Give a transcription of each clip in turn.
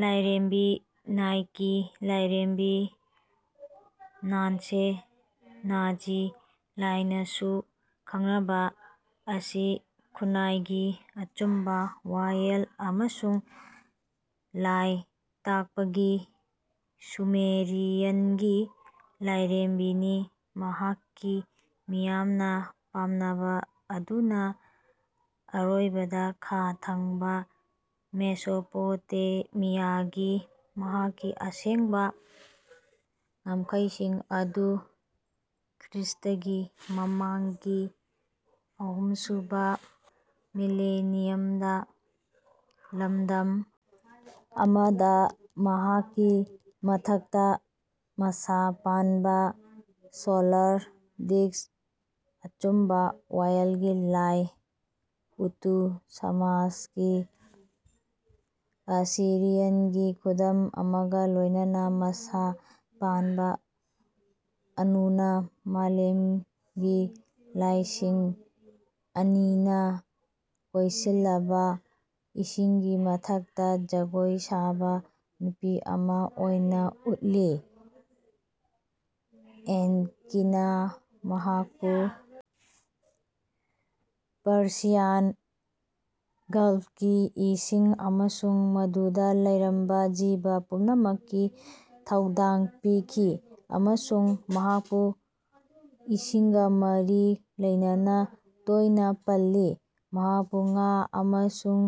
ꯂꯥꯏꯔꯦꯝꯕꯤ ꯅꯥꯏꯀꯤ ꯂꯥꯏꯔꯦꯝꯕꯤ ꯅꯥꯟꯁꯦ ꯅꯥꯖꯤ ꯍꯥꯏꯅꯁꯨ ꯈꯪꯅꯕ ꯑꯁꯤ ꯈꯨꯟꯅꯥꯏꯒꯤ ꯑꯆꯨꯝꯕ ꯋꯥꯌꯦꯜ ꯑꯃꯁꯨꯡ ꯂꯥꯏ ꯇꯥꯛꯄꯒꯤ ꯁꯨꯃꯦꯔꯤꯌꯟꯒꯤ ꯂꯥꯏꯔꯦꯝꯕꯤꯅꯤ ꯃꯍꯥꯛꯀꯤ ꯃꯤꯌꯥꯝꯅ ꯄꯥꯝꯅꯕ ꯑꯗꯨꯅ ꯑꯔꯣꯏꯕꯗ ꯈꯥ ꯊꯪꯕ ꯃꯦꯁꯣꯄꯣꯇꯦꯃꯤꯌꯥꯒꯤ ꯃꯍꯥꯛꯀꯤ ꯑꯁꯦꯡꯕ ꯉꯝꯈꯩꯁꯤꯡ ꯑꯗꯨ ꯈ꯭ꯔꯤꯁ꯭ꯇꯒꯤ ꯃꯃꯥꯡꯒꯤ ꯑꯍꯨꯝꯁꯨꯕ ꯃꯤꯂꯦꯅꯤꯌꯝꯗ ꯂꯝꯗꯝ ꯑꯃꯗ ꯃꯍꯥꯛꯀꯤ ꯃꯊꯛꯇ ꯃꯁꯥ ꯄꯥꯟꯕ ꯁꯣꯂꯔ ꯗꯤꯁꯛ ꯑꯆꯨꯝꯕ ꯋꯥꯌꯦꯜꯒꯤ ꯂꯥꯏ ꯎꯇꯨ ꯁꯃꯥꯁꯀꯤ ꯑꯁꯤꯔꯤꯌꯟꯒꯤ ꯈꯨꯗꯝ ꯑꯃꯒ ꯂꯣꯏꯅꯅ ꯃꯁꯥ ꯄꯥꯟꯕ ꯑꯅꯨꯅꯥ ꯃꯥꯂꯦꯝꯒꯤ ꯂꯥꯏꯁꯤꯡ ꯑꯅꯤꯅ ꯀꯣꯏꯁꯤꯜꯂꯕ ꯏꯁꯤꯡꯒꯤ ꯃꯊꯛꯇ ꯖꯒꯣꯏ ꯁꯥꯕ ꯅꯨꯄꯤ ꯑꯃ ꯑꯣꯏꯅ ꯎꯠꯂꯤ꯫ ꯑꯦꯟꯀꯤꯅ ꯃꯍꯥꯛꯄꯨ ꯄꯔꯁꯤꯌꯥꯟ ꯒꯜꯐꯀꯤ ꯏꯁꯤꯡ ꯑꯃꯁꯨꯡ ꯃꯗꯨꯗ ꯂꯩꯔꯝꯕ ꯖꯤꯕ ꯄꯨꯝꯅꯃꯛꯀꯤ ꯊꯧꯗꯥꯡ ꯄꯤꯈꯤ ꯑꯃꯁꯨꯡ ꯃꯍꯥꯛꯄꯨ ꯏꯁꯤꯡꯒ ꯃꯔꯤ ꯂꯩꯅꯅ ꯇꯣꯏꯅ ꯄꯜꯂꯤ꯫ ꯃꯍꯥꯛꯄꯨ ꯉꯥ ꯑꯃꯁꯨꯡ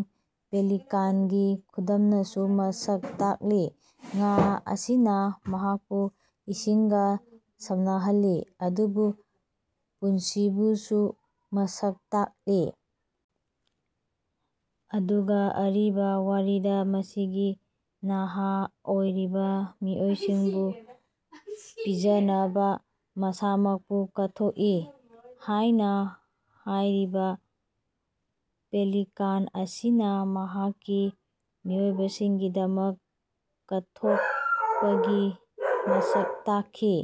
ꯄꯦꯂꯤꯀꯥꯟꯒꯤ ꯈꯨꯗꯝꯅꯁꯨ ꯃꯁꯛ ꯇꯥꯛꯂꯤ ꯉꯥ ꯑꯁꯤꯅ ꯃꯍꯥꯛꯄꯨ ꯏꯁꯤꯡꯒ ꯁꯝꯅꯍꯜꯂꯤ ꯑꯗꯨꯕꯨ ꯄꯨꯟꯁꯤꯕꯨꯁꯨ ꯃꯁꯛ ꯇꯥꯛꯂꯤ ꯑꯗꯨꯒ ꯑꯔꯤꯕ ꯋꯥꯔꯤꯗ ꯃꯁꯤꯒꯤ ꯅꯍꯥ ꯑꯣꯏꯔꯤꯕ ꯃꯤꯑꯣꯏꯁꯤꯡꯕꯨ ꯄꯤꯖꯅꯕ ꯃꯁꯥꯃꯛꯄꯨ ꯀꯠꯊꯣꯛꯏ ꯍꯥꯏꯅ ꯍꯥꯏꯔꯤꯕ ꯄꯦꯂꯤꯀꯥꯟ ꯑꯁꯤꯅ ꯃꯍꯥꯛꯀꯤ ꯃꯤꯑꯣꯏꯕꯒꯤꯗꯃꯛ ꯀꯠꯊꯣꯛꯄꯒꯤ ꯃꯁꯛ ꯇꯥꯛꯈꯤ꯫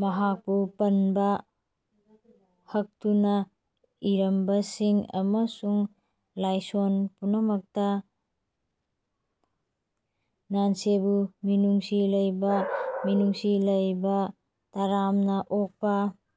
ꯃꯍꯥꯛꯄꯨ ꯄꯟꯕ ꯍꯛꯇꯨꯅ ꯏꯔꯝꯕꯁꯤꯡ ꯑꯃꯁꯨꯡ ꯂꯥꯏꯁꯣꯟ ꯄꯨꯝꯅꯃꯛꯇ ꯅꯥꯟꯁꯦꯕꯨ ꯃꯤꯅꯨꯡꯁꯤ ꯂꯩꯕ ꯃꯤꯅꯨꯡꯁꯤ ꯂꯩꯕ ꯇꯔꯥꯝꯅ ꯑꯣꯛꯄ